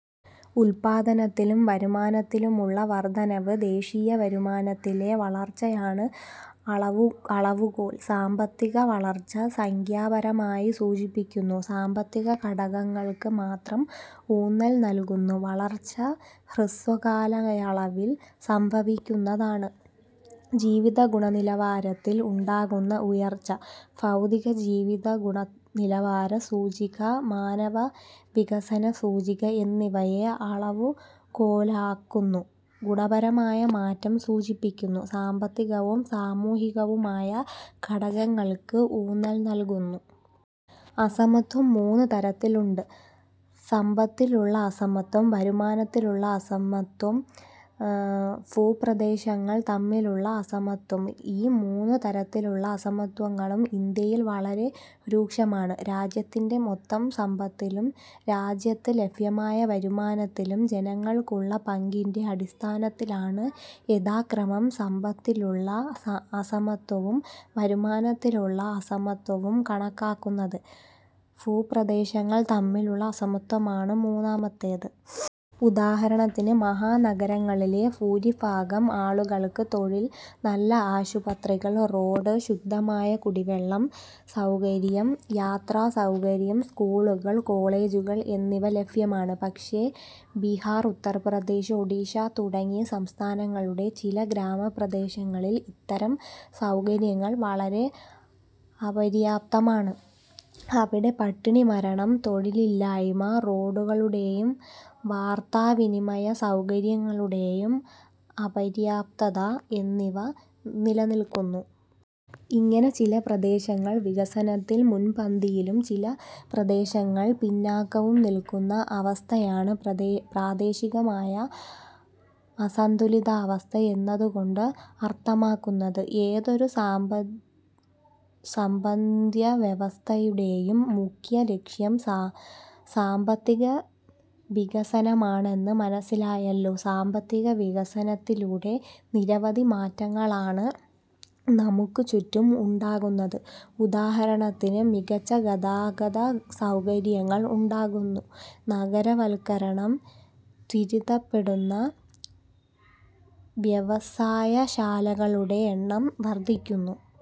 ഉൽപ്പാദനത്തിലും വരുമാനത്തിലുമുള്ള വർധനവ്. ദേശീയവരുമാനത്തിലെ വളർച്ചയാണ് അളവുകോൽ. സാമ്പത്തികവളർച്ച സംഖ്യാപരമായി സൂചിപ്പിക്കുന്നു. സാമ്പത്തികഘടകങ്ങൾക്ക് മാത്രം ഊന്നൽ നൽകുന്നു. വളർച്ച ഹ്രസ്വകാലയളവിൽ സംഭവിക്കുന്നതാണ്. ജീവിതഗുണനിലവാരത്തിൽ ഉണ്ടാകുന്ന ഉയർച്ച. ഭൗതികജീവിതഗുണനിലവാര സൂചിക, മാനവവികസന സൂചിക എന്നിവയെ അളവുകോലാക്കുന്നു. ഗുണപരമായ മാറ്റം സൂചിപ്പിക്കുന്നു. സാമ്പത്തികവും സാമൂഹികവുമായ ഘടകങ്ങൾക്ക് ഊന്നൽ നൽകുന്നു. അസമത്വം മൂന്നു തരത്തിലുണ്ട്. സമ്പത്തിലുള്ള അസമത്വം. വരുമാനത്തിലുള്ള അസമത്വം. ഭൂപ്രദേശങ്ങൾ തമ്മിലുള്ള അസമത്വം ഈ മൂന്നു തരത്തിലുള്ള അസമത്വങ്ങളും ഇന്ത്യയിൽ വളരെ രൂക്ഷമാണ്. രാജ്യത്തിന്റെ മൊത്തം സമ്പത്തിലും രാജ്യത്ത് ലഭ്യമായ വരുമാനത്തിലും ജനങ്ങൾക്കുള്ള പങ്കിന്റെ അടിസ്ഥാനത്തിലാണ് യഥാക്രമം സമ്പത്തിലുള്ള അസമത്വവും വരുമാനത്തിലുള്ള അസമത്വവും കണക്കാക്കുന്നത്. ഭൂപ്രദേശങ്ങൾ തമ്മിലുള്ള അസമത്വമാണ് മൂന്നാമത്തേത്. ഉദാഹരണത്തിന് മഹാനഗരങ്ങളിലെ ഭൂരിഭാഗം ആളുകൾക്ക് തൊഴിൽ, നല്ല ആശുപത്രികൾ, റോഡ്, ശുദ്ധമായ കുടിവെള്ള സൗകര്യം, യാത്രാസൗകര്യം, സ്കൂളുകൾ, കോളേജുകൾ, എന്നിവ ലഭ്യമാണ്. പക്ഷേ, ബിഹാർ, ഉത്തർപ്രദേശ്, ഒഡിഷ തുടങ്ങിയ സംസ്ഥാനങ്ങളുടെ ചില ഗ്രാമപ്രദേശങ്ങളിൽ ഇത്തരം സൗകര്യങ്ങൾ വളരെ അപര്യാപ്തമാണ്. അവിടെ പട്ടിണിമരണം, തൊഴിലില്ലായ്മ, റോഡുകളുടെയും വാർത്താവിനിമയ സൗകര്യങ്ങളുടെയും അപര്യാപ്തത എന്നിവ നിലനിൽക്കുന്നു. ഇങ്ങനെ ചില പ്രദേശങ്ങൾ വികസനത്തിൽ മുൻപന്തിയിലും ചില പ്രദേശങ്ങൾ പിന്നാക്കവും നിൽക്കുന്ന അവസ്ഥയാണ് പ്രാദേശികമായ അസന്തുലിതാവസ്ഥ എന്നതുകൊണ്ട് അർഥമാക്കുന്നത്. ഏതൊരു സമ്പദ്വ്യവസ്ഥയുടെയും മുഖ്യ ലക്ഷ്യം സാമ്പത്തികവികസനമാണെന്ന് മനസ്സിലായല്ലോ. സാമ്പത്തികവികസനത്തിലൂടെ നിരവധി മാറ്റങ്ങളാണ് നമുക്ക് ചുറ്റും ഉണ്ടാകുന്നത്. ഉദാഹരണത്തിന്, മികച്ച ഗതാഗതസൗകര്യങ്ങൾ ഉണ്ടാകുന്നു. നഗരവൽക്കരണം ത്വരിതപ്പെടുന്നു. വ്യവസായശാലകളുടെ എണ്ണം വർധിക്കുന്നു.